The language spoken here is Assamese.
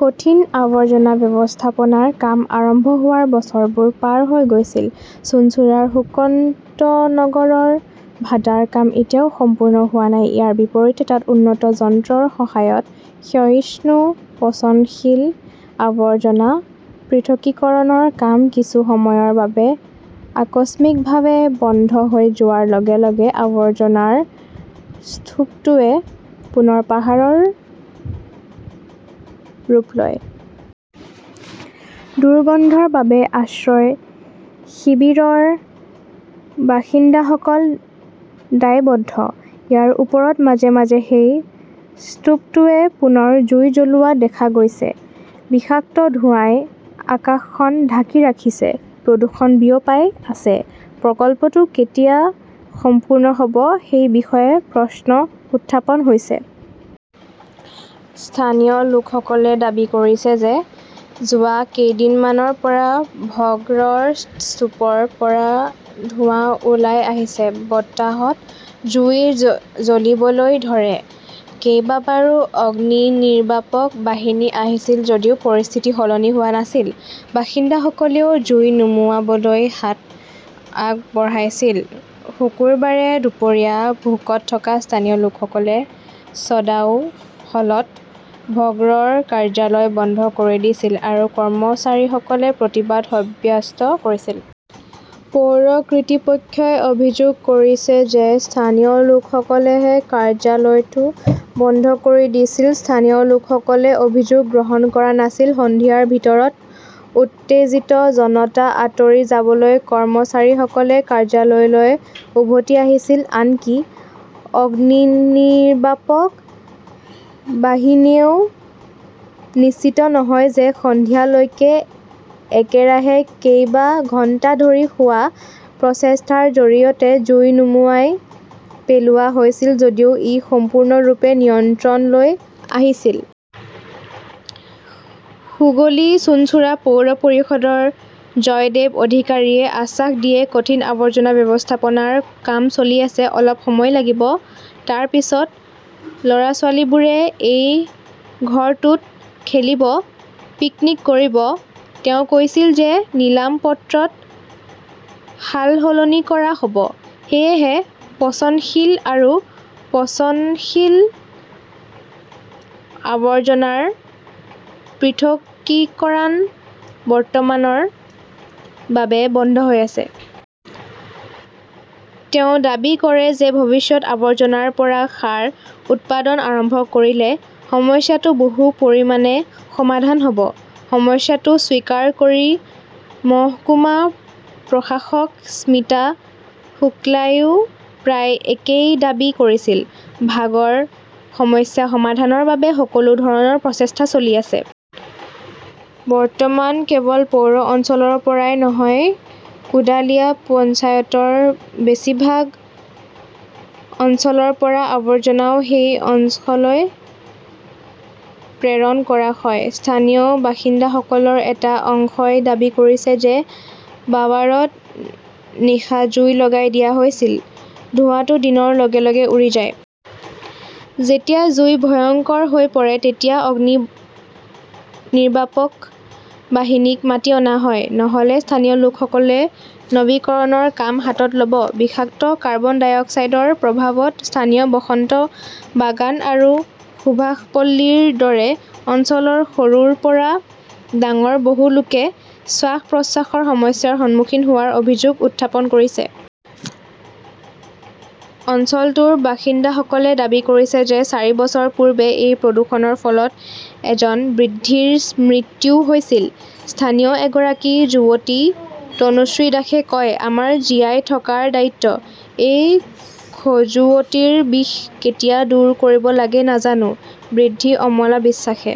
কঠিন আৱৰ্জনা ব্যৱস্থাপনাৰ কাম আৰম্ভ হোৱাৰ বছৰবোৰ পাৰ হৈ গৈছিল। চুঞ্চুৰাৰ সুকন্তনগৰৰ ভাডাৰ কাম এতিয়াও সম্পূৰ্ণ হোৱা নাই। ইয়াৰ বিপৰীতে, তাত উন্নত যন্ত্ৰৰ সহায়ত ক্ষয়িষ্ণু-পচনশীল আৱৰ্জনা পৃথকীকৰণৰ কাম কিছু সময়ৰ বাবে আকস্মিকভাৱে বন্ধ হৈ যোৱাৰ লগে লগে আৱৰ্জনাৰ স্তূপটোৱে পুনৰ পাহাৰৰ ৰূপ লৈছিল। দুৰ্গন্ধৰ বাবে আশ্ৰয় শিবিৰৰ বাসিন্দাসকল দায়বদ্ধ। ইয়াৰ ওপৰত মাজে মাজে সেই স্তুপটোৱে পুনৰ জুই জ্বলোৱা দেখা গৈছে। বিষাক্ত ধোঁৱাই আকাশখন ঢাকি ৰাখিছে। প্ৰদূষণ বিয়পাই আছে। প্ৰকল্পটো কেতিয়া সম্পূৰ্ণ হ "ব সেই বিষয়ে প্ৰশ্ন উত্থাপন হৈছে। স্থানীয় লোকসকলে দাবী কৰিছে যে যোৱা কেইদিনমানৰ পৰা ভগড়ৰ স্তূপৰ পৰা ধোঁৱা ওলাই আহিছে। বতাহত জুই জ্বলিবলৈ ধৰে। কেইবাবাৰো অগ্নিনিৰ্বাপক বাহিনী আহিছিল যদিও পৰিস্থিতি সলনি হোৱা নাছিল। বাসিন্দাসকলেও জুই নুমুৱাবলৈ হাত আগবঢ়াইছিল। শুকুৰবাৰে দুপৰীয়া ভোকত থকা স্থানীয় লোকসকলে চদাও হলত ভগড়ৰ কাৰ্যালয় বন্ধ কৰি দিছিল আৰু কৰ্মচাৰীসকলে প্ৰতিবাদ সাব্যস্ত কৰিছিল। পৌৰ কৰ্তৃপক্ষই অভিযোগ কৰিছে যে স্থানীয় লোকসকলেহে কাৰ্যালয়টো বন্ধ কৰি দিছিল। স্থানীয় লোকসকলে অভিযোগ গ্ৰহণ কৰা নাছিল। সন্ধিয়াৰ ভিতৰত উত্তেজিত জনতা আঁতৰি যাবলৈ কৰ্মচাৰীসকলে কাৰ্যালয়লৈ উভতি আহিছিল। আনকি অগ্নিনিৰ্বাপক বাহিনীয়েও নিশ্চিত নহয় যে সন্ধিয়া লৈকে একেৰাহে কেইবা ঘণ্টা ধৰি হোৱা প্ৰচেষ্টাৰ জৰিয়তে জুই নুমুৱাই পেলোৱা হৈছিল যদিও ই সম্পূৰ্ণৰূপে নিয়ন্ত্ৰণলৈ আহিছিল। হুগলী-চুঞ্চুৰা পৌৰ পৰিষদৰ জয়দেব অধিকাৰীয়ে আশ্বাস দিয়ে, "কঠিন আৱৰ্জনা ব্যৱস্থাপনাৰ কাম চলি আছে। অলপ সময় লাগিব। তাৰপিছত ল "ৰা-ছোৱালীবোৰে এই ঘৰটোত খেলিব, পিকনিক কৰিব। "তেওঁ কৈছিল যে নিলাম-পত্ৰত সালসলনি কৰা হ" ব। সেয়েহে পচনশীল আৰু পচনশীল আৱৰ্জনাৰ পৃথকীকৰণ বৰ্তমানৰ বাবে বন্ধ হৈ আছে। তেওঁ দাবী কৰে যে ভৱিষ্যতে আৱৰ্জনাৰ পৰা সাৰ উৎপাদন আৰম্ভ কৰিলে সমস্যাটো বহু পৰিমাণে সমাধান হ’ব। সমস্যাটো স্বীকাৰ কৰি মহকুমা প্ৰশাসক স্মিতা শুক্লাইও প্ৰায় একেই দাবী কৰিছিল। "ভাগৰ সমস্যা সমাধানৰ বাবে সকলো ধৰণৰ প্ৰচেষ্টা চলি আছে। "বৰ্তমান কেৱল পৌৰ অঞ্চলৰ পৰাই নহয়, কোডালিয়া পঞ্চায়তৰ বেছিভাগ অঞ্চলৰ পৰা আৱৰ্জনাও সেই অংশলৈ প্ৰেৰণ কৰা হয়। স্থানীয় বাসিন্দাসকলৰ এটা অংশই দাবী কৰিছে যে বাৱাৰত নিশা জুই লগাই দিয়া হৈছিল। ধোঁৱাটো দিনৰ লগে লগে উৰি যায়। যেতিয়া জুই ভয়ংকৰ হৈ পৰে তেতিয়া অগ্নিনিৰ্বাপক বাহিনীক মাতি অনা হয়। নহ "লে স্থানীয় লোকসকলে নৱীকৰণৰ কাম হাতত ল" ব। বিষাক্ত কাৰ্বন-ডাই অক্সাইডৰ প্ৰভাৱত স্থানীয় বসন্ত বাগান আৰু সুভাষপল্লীৰ দৰে অঞ্চলৰ সৰুৰ পৰা ডাঙৰ বহু লোকে শ্বাস-প্ৰশ্বাসৰ সমস্যাৰ সন্মুখীন হোৱাৰ অভিযোগ উত্থাপন কৰিছে। অঞ্চলটোৰ বাসিন্দাসকলে দাবী কৰিছে যে চাৰি বছৰ পূৰ্বে এই প্ৰদূষণৰ ফলত এজন বৃদ্ধৰ মৃত্যু হৈছিল। স্থানীয় এগৰাকী যুৱতী তনুশ্ৰী দাসে কয়, "আমাৰ জীয়াই থকাৰ দায়িত্ব! " এই খজুৱতিৰ বিষ কেতিয়া দূৰ কৰিব লাগে নাজানো। "বৃদ্ধ অমলা বিশ্বাসে